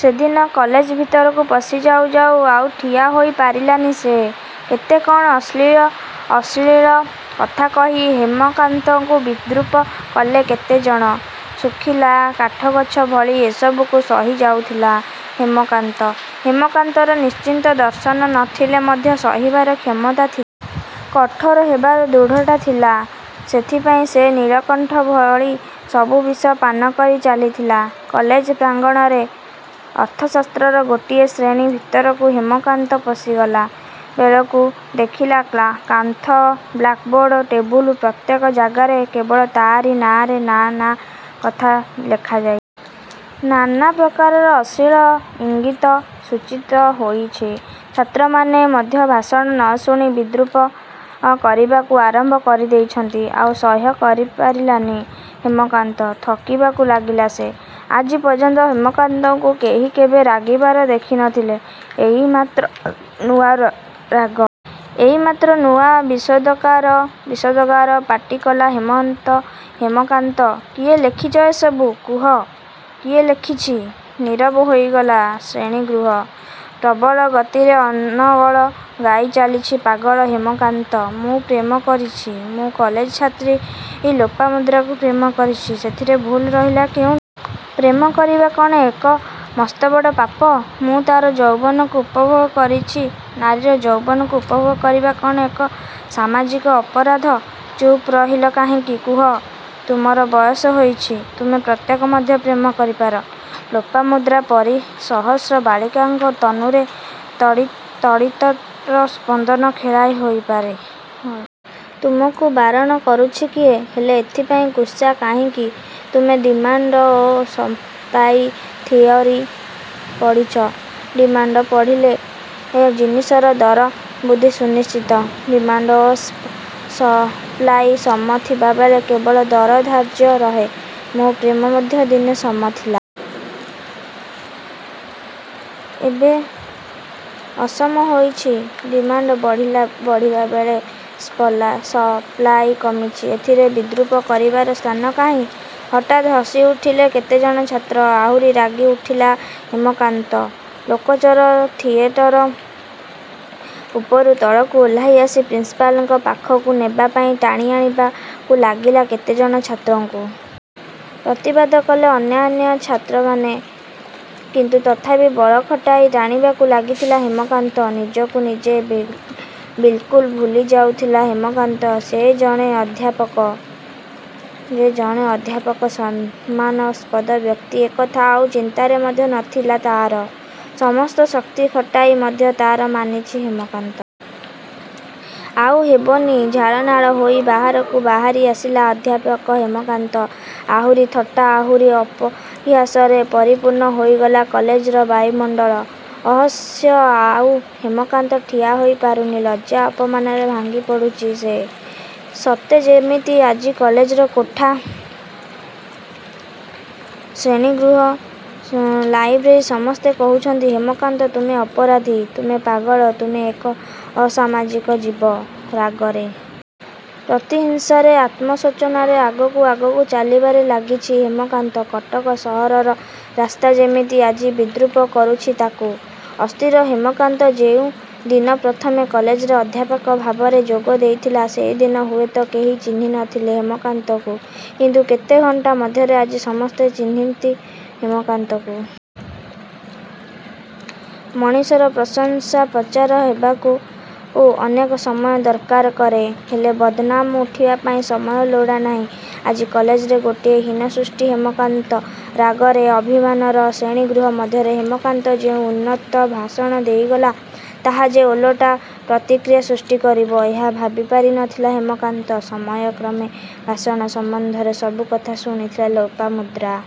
ସେଦିନ କଲେଜ ଭିତରକୁ ପଶିଯାଉ ଯାଉ ଆଉ ଠିଆ ହୋଇ ପାରିଲାନି ସେ। କେତେ କ'ଣ ଅଶ୍ଳୀଳ କଥା କହି ହେମକାନ୍ତକୁ ବିଦ୍ରୂପ କଲେ କେତେ ଜଣ। ଶୁଖିଲା କାଠଗଛ ଭଳି ଏସବୁକୁ ସହିଯାଉଥିଲା ହେମକାନ୍ତ। ହେମକାନ୍ତର ନିଶ୍ଚିତ ଦର୍ଶନ ନ ଥିଲେ ମଧ୍ୟ ସହିବାର କ୍ଷମତା ଥିଲା। କଠୋର ହେବାର ଦୃଢ଼ତା ଥିଲା। ସେଇଥିପାଇଁ ସେ ନୀଳକଣ୍ଠ ଭଳି ସବୁ ବିଷ ପାନ କରି ଚାଲିଥିଲା କଲେଜ ପ୍ରାଙ୍ଗଣରେ। ଅର୍ଥଶାସ୍ତ୍ରର ଗୋଟିଏ ଶ୍ରେଣୀ ଭିତରକୁ ହେମକାନ୍ତ ପଶିଗଲା। ବେଳକୁ ଦେଖିଲା କାନ୍ଥ, ବ୍ଲାକ୍‌ବୋର୍ଡ, ଟେବୁଲ, ପ୍ରତ୍ୟେକ ଜାଗାରେ କେବଳ ତା'ରି ନାଁରେ ନାନା କଥା ଲେଖାଯାଇଛି। ନାନା ପ୍ରକାରର ଅଶ୍ଳୀଳ ଇଙ୍ଗିତ ସୂଚିତ ହୋଇଛି। ଛାତ୍ରମାନେ ମଧ୍ୟ ଭାଷଣ ନ ଶୁଣି ବିଦ୍ରୂପ କରିବାକୁ ଆରମ୍ଭ କରିଦେଇଛନ୍ତି। ଆଉ ସହ୍ୟ କରି ପାରିଲାନି ହେମକାନ୍ତ। ଥରିବାକୁ ଲାଗିଲା ସେ। ଆଜି ପର୍ଯ୍ୟନ୍ତ ହେମକାନ୍ତକୁ କେହି କେବେ ରାଗିବାର ଦେଖି ନ ଥିଲେ। ଏଇ ମାତ୍ର ନୂଆ ରାଗ। ଏଇ ମାତ୍ର ନୂଆ ବିଷୋଦ୍‌ଗାର। ପାଟି କଲା ହେମକାନ୍ତ“କିଏ ଲେଖିଛ ଏ ସବୁ? କୁହ, କିଏ ଲେଖିଛି?”ନୀରବ ହୋଇଗଲା ଶ୍ରେଣୀଗୃହ। ପ୍ରବଳ ଗତିରେ ଅନର୍ଗଳ ଗାଇ ଚାଲିଛି ପାଗଳ ହେମକାନ୍ତ।“ମୁଁ ପ୍ରେମ କରିଛି। ମୁଁ କଲେଜ ଛାତ୍ରୀ ଲୋପାମୁଦ୍ରାକୁ ପ୍ରେମ କରିଛି। ସେଥିରେ ଭୁଲ ରହିଲା କେଉଁଠି? ପ୍ରେମ କରିବା କ'ଣ ଏକ ମସ୍ତବଡ଼ ପାପ? ମୁଁ ତା'ର ଯୌବନକୁ ଉପଭୋଗ କରିଛି ନାରୀର ଯୌବନକୁ ଉପଭୋଗ କରିବା କ'ଣ ଏକ ସାମାଜିକ ଅପରାଧ? ଚୁପ୍ ରହିଲ କାହିଁକି, କୁହ? ତୁମର ବୟସ ହୋଇଛି। ତୁମେ ପ୍ରତ୍ୟେକ ମଧ୍ୟ ପ୍ରେମ କରିପାର। ଲୋପାମୁଦ୍ରା ପରି ସହସ୍ର ବାଳିକାଙ୍କର ତନୁରେ ତଡ଼ିତ୍‌ର ସ୍ପନ୍ଦନ ଖେଳାଇ ଦେଇପାର। ତୁମକୁ ବାରଣ କରୁଛି କିଏ? ହେଲେ ଏଥିପାଇଁ କୁତ୍ସା କାହିଁକି? ତୁମେ ଡିମାଣ୍ଡ ଓ ସପ୍ଲାଇ ଥିଓରୀ ପଢ଼ିଛ। ଡିମାଣ୍ଡ ବଢ଼ିଲେ ଜିନିଷର ଦର ବୃଦ୍ଧି ସୁନିଶ୍ଚିତ। ଡିମାଣ୍ଡ ଓ ସପ୍ଲାଇ ସମ ଥିବାବେଳେ କେବଳ ଦର ଧାର୍ଯ୍ୟ ରହେ। ମୋ ପ୍ରେମ ମଧ୍ୟ ଦିନେ ସମ ଥିଲା। ଏବେ ଅସମ ହୋଇଛି। ଡିମାଣ୍ଡ ବଢ଼ିବାବେଳେ ସପ୍ଲାଇ କମିଛି। ଏଥିରେ ବିଦ୍ରୂପ କରିବାର ସ୍ଥାନ କାହିଁ?”ହଠାତ୍ ହସିଉଠିଲେ କେତେଜଣ ଛାତ୍ର। ଆହୁରି ରାଗି ଉଠିଲା ହେମକାନ୍ତ। ଲେକଚର ଥିଏଟର ଉପରୁ ତଳକୁ ଓହ୍ଲାଇ ଆସି ପ୍ରିନ୍ସିପାଲଙ୍କ ପାଖକୁ ନେବା ପାଇଁ ଟାଣିବାକୁ ଲାଗିଲା କେତେଜଣ ଛାତ୍ରଙ୍କୁ। ପ୍ରତିବାଦ କଲେ ଅନ୍ୟାନ୍ୟ ଛାତ୍ରମାନେ। କିନ୍ତୁ ତଥାପି ବଳ ଖଟାଇ ଟାଣିବାକୁ ଲାଗିଥିଲା ହେମକାନ୍ତ। ନିଜକୁ ନିଜେ ବିଲ୍‌କୁଲ୍ ଭୁଲି ଯାଉଥିଲା ହେମକାନ୍ତ। ସେ ଯେ ଜଣେ ଅଧ୍ୟାପକ, ସମ୍ମାନସ୍ପଦ ବ୍ୟକ୍ତି ଏକଥା ଆଉ ଚିନ୍ତାରେ ମଧ୍ୟ ନ ଥିଲା ତା'ର। ସମସ୍ତ ଶକ୍ତି ଖଟାଇ ମଧ୍ୟ ହାର ମାନିଛି ହେମକାନ୍ତ। ଆଉ ହେବନି। ଝାଳନାଳ ହୋଇ ବାହାରକୁ ବାହାରି ଆସିଲା ଅଧ୍ୟାପକ ହେମକାନ୍ତ। ଆହୁରି ଥଟ୍ଟା, ଆହୁରି ପରିହାସରେ ପରିପୂର୍ଣ୍ଣ ହୋଇଗଲା କଲେଜର ବାୟୁମଣ୍ଡଳ। ଅସହ୍ୟ। ଆଉ ହେମକାନ୍ତ ଠିଆ ହୋଇପାରୁନି। ଲଜ୍ଜା, ଅପମାନରେ ଭାଙ୍ଗି ପଡ଼ୁଛି ସେ। ସତେ ଯେମିତି ଆଜି କଲେଜର କୋଠା, ଶ୍ରେଣୀଗୃହ, ଲାଇବ୍ରେରୀ ସମସ୍ତେ କହୁଛନ୍ତି“ହେମକାନ୍ତ, ତୁମେ ଅପରାଧୀ, ତୁମେ ପାଗଳ, ତୁମେ ଏକ ଅସାମାଜିକ ଜୀବ।”ରାଗରେ, ପ୍ରତିହିଂସାରେ, ଆତ୍ମଶୋଚନାରେ ଆଗକୁ ଆଗକୁ ଚାଲିବାରେ ଲାଗିଛି ହେମକାନ୍ତ। କଟକ ସହରର ରାସ୍ତା ଯେମିତି ଆଜି ବିଦ୍ରୂପ କରୁଛି ତାକୁ। ଅସ୍ଥିର ହେମକାନ୍ତ। ଯେଉଁ ଦିନ ପ୍ରଥମେ କଲେଜରେ ଅଧ୍ୟାପକ ଭାବରେ ଯୋଗ ଦେଇଥିଲା, ସେଦିନ ହୁଏତ କେହି ଚିହ୍ନି ନ ଥିଲେ ହେମକାନ୍ତକୁ। କିନ୍ତୁ କେତେ ଘଣ୍ଟା ମଧ୍ୟରେ ଆଜି ସମସ୍ତେ ଚିହ୍ନିନ୍ତି ହେମକାନ୍ତକୁ। ମଣିଷର ପ୍ରଶଂସା ପ୍ରଚାର ହେବାକୁ ଅନେକ ସମୟ ଦରକାର କରେ। ହେଲେ ବଦନାମ ଉଠିବା ପାଇଁ ସମୟର ଲୋଡ଼ା ନାହିଁ। ଆଜି କଲେଜର ଗୋଟିଏ ହୀନ ସୃଷ୍ଟି ହେମକାନ୍ତ। ରାଗରେ, ଅଭିମାନରେ ଶ୍ରେଣୀଗୃହ ମଧ୍ୟରେ ହେମକାନ୍ତ ଯେଉଁ ଉନ୍ମତ୍ତ ଭାଷଣ ଦେଇଗଲା, ତାହା ଯେ ଓଲଟା ପ୍ରତିକ୍ରିୟା ସୃଷ୍ଟି କରିବ, ଏହା ଭାବିପାରି ନ ଥିଲା ହେମକାନ୍ତ। ସମୟକ୍ରମେ ଭାଷଣ ସମ୍ବନ୍ଧରେ ସବୁ କଥା ଶୁଣିଥିଲା ଲୋପାମୁଦ୍ରା।